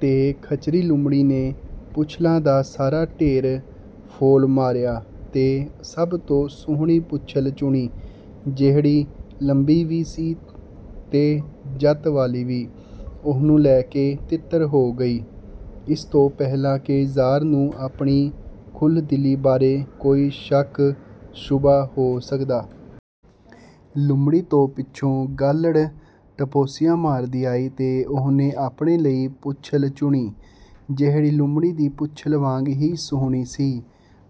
ਤੇ ਖਚਰੀ ਲੂੰਮੜੀ ਨੇ ਪੂਛਲਾਂ ਦਾ ਸਾਰਾ ਢੇਰ ਫੋਲ ਮਾਰਿਆ ਤੇ ਸਭ ਤੋਂ ਸੁਹਣੀ ਪੂਛਲ ਚੁਣੀ, ਜਿਹੜੀ ਲੰਬੀ ਵੀ ਸੀ ਤੇ ਜਤ ਵਾਲੀ ਵੀ। ਉਹਨੂੰ ਲੈ ਕੇ ਤਿੱਤਰ ਹੋ ਗਈ, ਇਸ ਤੋਂ ਪਹਿਲਾਂ ਕਿ ਜ਼ਾਰ ਨੂੰ ਆਪਣੀ ਖੁੱਲ੍ਹਦਿਲੀ ਬਾਰੇ ਕੋਈ ਸ਼ੱਕ-ਸ਼ੁਬ੍ਹਾ ਹੋ ਸਕਦਾ। ਲੂੰਮੜੀ ਤੋਂ ਪਿੱਛੋਂ ਗਾਲੜ੍ਹ ਟਪੋਸੀਆਂ ਮਾਰਦੀ ਆਈ ਤੇ ਉਹਨੇ ਆਪਣੇ ਲਈ ਪੂਛਲ ਚੁਣੀ, ਜਿਹੜੀ ਲੂੰਮੜੀ ਦੀ ਪੂਛਲ ਵਾਂਗ ਹੀ ਸੁਹਣੀ ਸੀ,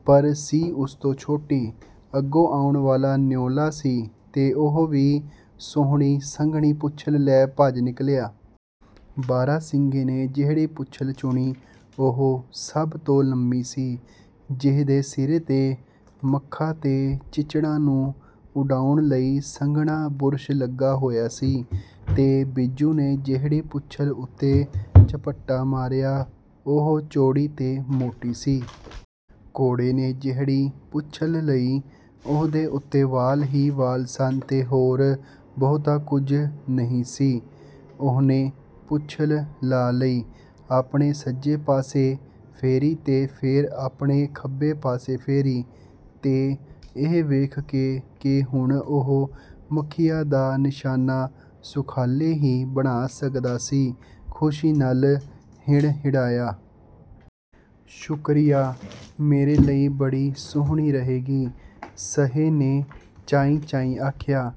ਪਰ ਸੀ ਉਸ ਤੋਂ ਛੋਟੀ। ਅੱਗੋਂ ਆਉਣ ਵਾਲਾ ਨਿਉਲਾ ਸੀ, ਤੇ ਉਹ ਵੀ ਸੁਹਣੀ, ਸੰਘਣੀ ਪੂਛਲ ਲੈ ਭੱਜ ਨਿਕਲਿਆ। ਬਾਰਾ-ਸਿੰਘੇ ਨੇ ਜਿਹੜੀ ਪੂਛਲ ਚੁਣੀ, ਉਹ ਸਭ ਤੋਂ ਲੰਮੀ ਸੀ, ਜਿਹਦੇ ਸਿਰੇ 'ਤੇ ਮੱਖਾਂ ਤੇ ਚਿੱਚੜਾਂ ਨੂੰ ਉਡਾਉਣ ਲਈ ਸੰਘਣਾ ਬੁਰਸ਼ ਲੱਗਾ ਹੋਇਆ ਸੀ। ਤੇ ਬਿੱਜੂ ਨੇ ਜਿਹੜੀ ਪੂਛਲ ਉੱਤੇ ਝਪਟਾ ਮਾਰਿਆ, ਉਹ ਚੌੜੀ ਤੇ ਮੋਟੀ ਸੀ। ਘੋੜੇ ਨੇ ਜਿਹੜੀ ਪੂਛਲ ਲਈ, ਉਹਦੇ ਉੱਤੇ ਵਾਲ ਹੀ ਵਾਲ ਸਨ ਤੇ ਹੋਰ ਬਹੁਤਾ ਕੁਝ ਨਹੀਂ ਸੀ। ਉਹਨੇ ਪੂਛਲ ਲਾ ਲਈ, ਆਪਣੇ ਸੱਜੇ ਪਾਸੇ ਫੇਰੀ ਤੇ ਫੇਰ ਆਪਣੇ ਖੱਬੇ ਪਾਸੇ ਫੇਰੀ, ਤੇ ਇਹ ਵੇਖ ਕੇ ਕਿ ਹੁਣ ਉਹ ਮੱਖੀਆਂ ਦਾ ਨਿਸ਼ਾਨਾ ਸੁਖਾਲੇ ਹੀ ਬਣਾ ਸਕਦਾ ਸੀ, ਖੁਸ਼ੀ ਨਾਲ ਹਿਣਹਿਣਾਇਆ। "ਸ਼ੁਕਰੀਆ, ਮੇਰੇ ਲਈ ਬੜੀ ਸੁਹਣੀ ਰਹੇਗੀ," ਸਹੇ ਨੇ ਚਾਈਂ-ਚਾਈਂ ਆਖਿਆ।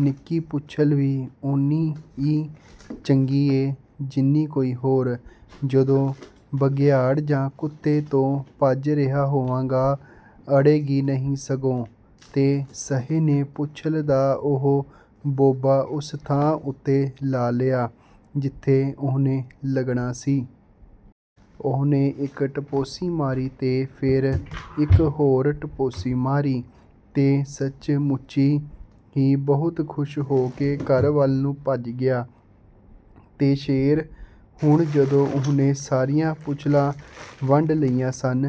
"ਨਿੱਕੀ ਪੂਛਲ ਵੀ ਓਨੀ ਈ ਚੰਗੀ ਏ, ਜਿੰਨੀ ਕੋਈ ਹੋਰ। ਜਦੋਂ ਬਘਿਆੜ ਜਾਂ ਕੁੱਤੇ ਤੋਂ ਭੱਜ ਰਿਹਾ ਹੋਵਾਂਗਾ, ਅੜੇਗੀ ਨਹੀਂ ਸਗੋਂ!" ਤੇ ਸਹੇ ਨੇ ਪੂਛਲ ਦਾ ਉਹ ਬੋਬਾ ਉਸ ਥਾਂ ਉੱਤੇ ਲਾ ਲਿਆ, ਜਿੱਥੇ ਉਹਨੇ ਲੱਗਣਾ ਸੀ। ਉਹਨੇ ਇੱਕ ਟਪੋਸੀ ਮਾਰੀ ਤੇ ਫੇਰ ਇੱਕ ਹੋਰ ਟਪੋਸੀ ਮਾਰੀ, ਤੇ ਸੱਚੀ-ਮੁੱਚੀ ਹੀ ਬਹੁਤ ਖੁਸ਼ ਹੋ ਕੇ ਘਰ ਵੱਲ ਨੂੰ ਭੱਜ ਗਿਆ। ਤੇ ਸ਼ੇਰ, ਹੁਣ ਜਦੋਂ ਉਹਨੇ ਸਾਰੀਆਂ ਪੂਛਲਾਂ ਵੰਡ ਲਈਆਂ ਸਨ